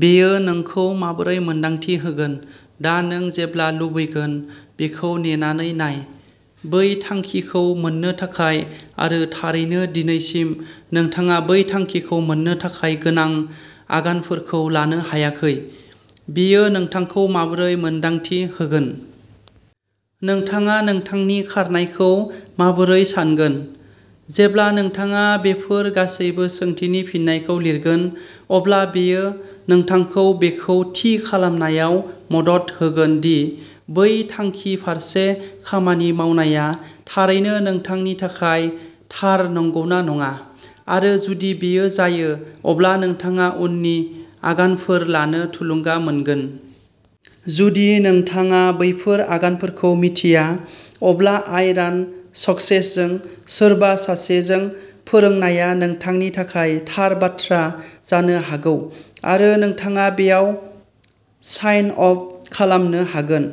बेयो नोंखौ माबोरै मोन्दांथि होगोन? दा नों जेब्ला लुबैगोन बेखौ नेनानै नाय। बै थांखिखौ मोन्नो थाखाय, आरो थारैनो दिनैसिम, नोंथाङा बै थांखिखौ मोन्नो थाखाय गोनां आगानफोरखौ लानो हायाखै। बेयो नोंथांखौ माबोरै मोन्दांथि होगोन? नोंथाङा नोंथांनि खारनायखौ माबोरै सान्गोन? जेब्ला नोंथाङा बेफोर गासैबो सोंथिनि फिननायखौ लिरगोन, अब्ला बेयो नोंथांखौ बेखौ थि खालामनायाव मदद होगोन दि बै थांखि फारसे खामानि मावनाया थारैनो नोंथांनि थाखाय थार नंगौना नङा, आरो जुदि बेयो जायो, अब्ला नोंथाङा उननि आगानफोर लानो थुलुंगा मोनगोन। जुदि नोंथाङा बैफोर आगानफोरखौ मिथिया, अब्ला आई रान सक्सेसजों सोरबा सासेजों फोरोंनाया नोंथांनि थाखाय थार बाथ्रा जानो हागौ, आरो नोंथाङा बेयाव साइन आप खालामनो हागोन।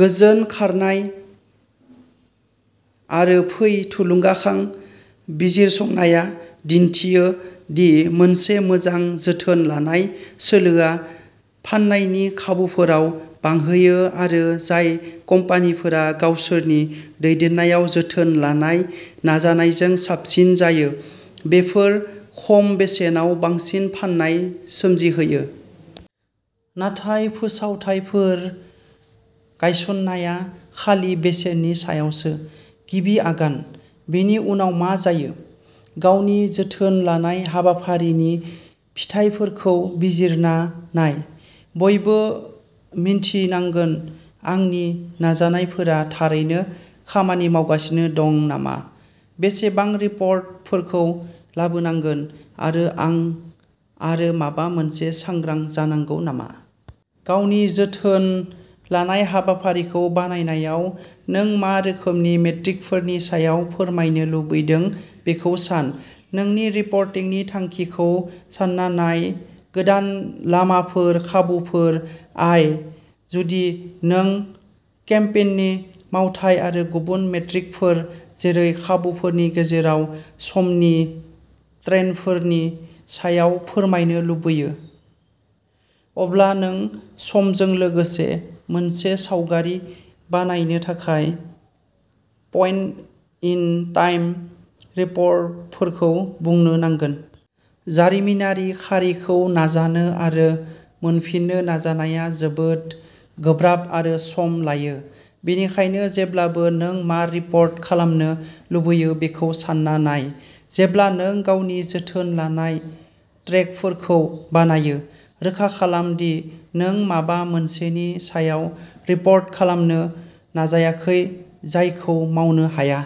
गोजोन खारनाय, आरो फै थुलुंगाखां। बिजिरसंनाया दिन्थियो दि मोनसे मोजां जोथोन लानाय सोलोआ फान्नायनि खाबुफोराव बांहोयो आरो जाय कम्पानिफोरा गावसोरनि दैदेनजानाय जोथोन लानाय नाजानायजों साबसिन जायो, बेफोर खम बेसेनाव बांसिन फान्नाय सोमजिहोयो। नाथाय फोसावथायफोर गायसन्नाया खालि बेसेननि सायावसो। गिबि आगान। बेनि उनाव मा जायो? गावनि जोथोन लानाय हाबाफारिनि फिथाइफोरखौ बिजिरना नाय। बयबो मिन्थिनांगोनः आंनि नाजानायफोरा थारैनो खामानि मावगासिनो दं नामा, बेसेबां रिपर्टफोरखौ लाबोनांगोन, आरो आं आरो माबा मोनसे सांग्रां जानांगौ नामा? गावनि जोथोन लानाय हाबाफारिखौ बानायनायाव, नों मा रोखोमनि मेट्रिकफोरनि सायाव फोरमायनो लुबैदों बेखौ सान। नोंनि रिपर्टिंनि थांखिखौ सान्ना नाय; गोदान लामाफोर, खाबुफोर, आय? जुदि नों केम्पेइननि मावथाय आरो गुबुन मेट्रिकफोर जेरै खाबुफोरनि गेजेराव समनि ट्रेन्डफोरनि सायाव फोरमायनो लुगैयो, अब्ला नों समजों लोगोसे मोनसे सावगारि बानायनो थाखाय पइन्ट-इन-टाइम रिपर्टफोरखौ बुनो नांगोन। जारिमिनारि खारिखौ नाजानो आरो मोनफिननो नाजानाया जोबोद गोब्राब आरो सम लायो; बेनिखायनो जेब्लाबो नों मा रिपर्ट खालामनो लुगैयो बेखौ सान्ना नाय, जेब्ला नों गावनि जोथोन लानाय ट्रेकफोरखौ बानायो। रोखा खालाम दि नों माबा मोनसेनि सायाव रिपर्ट खालामनो नाजाखै जायखौ मावनो हाया।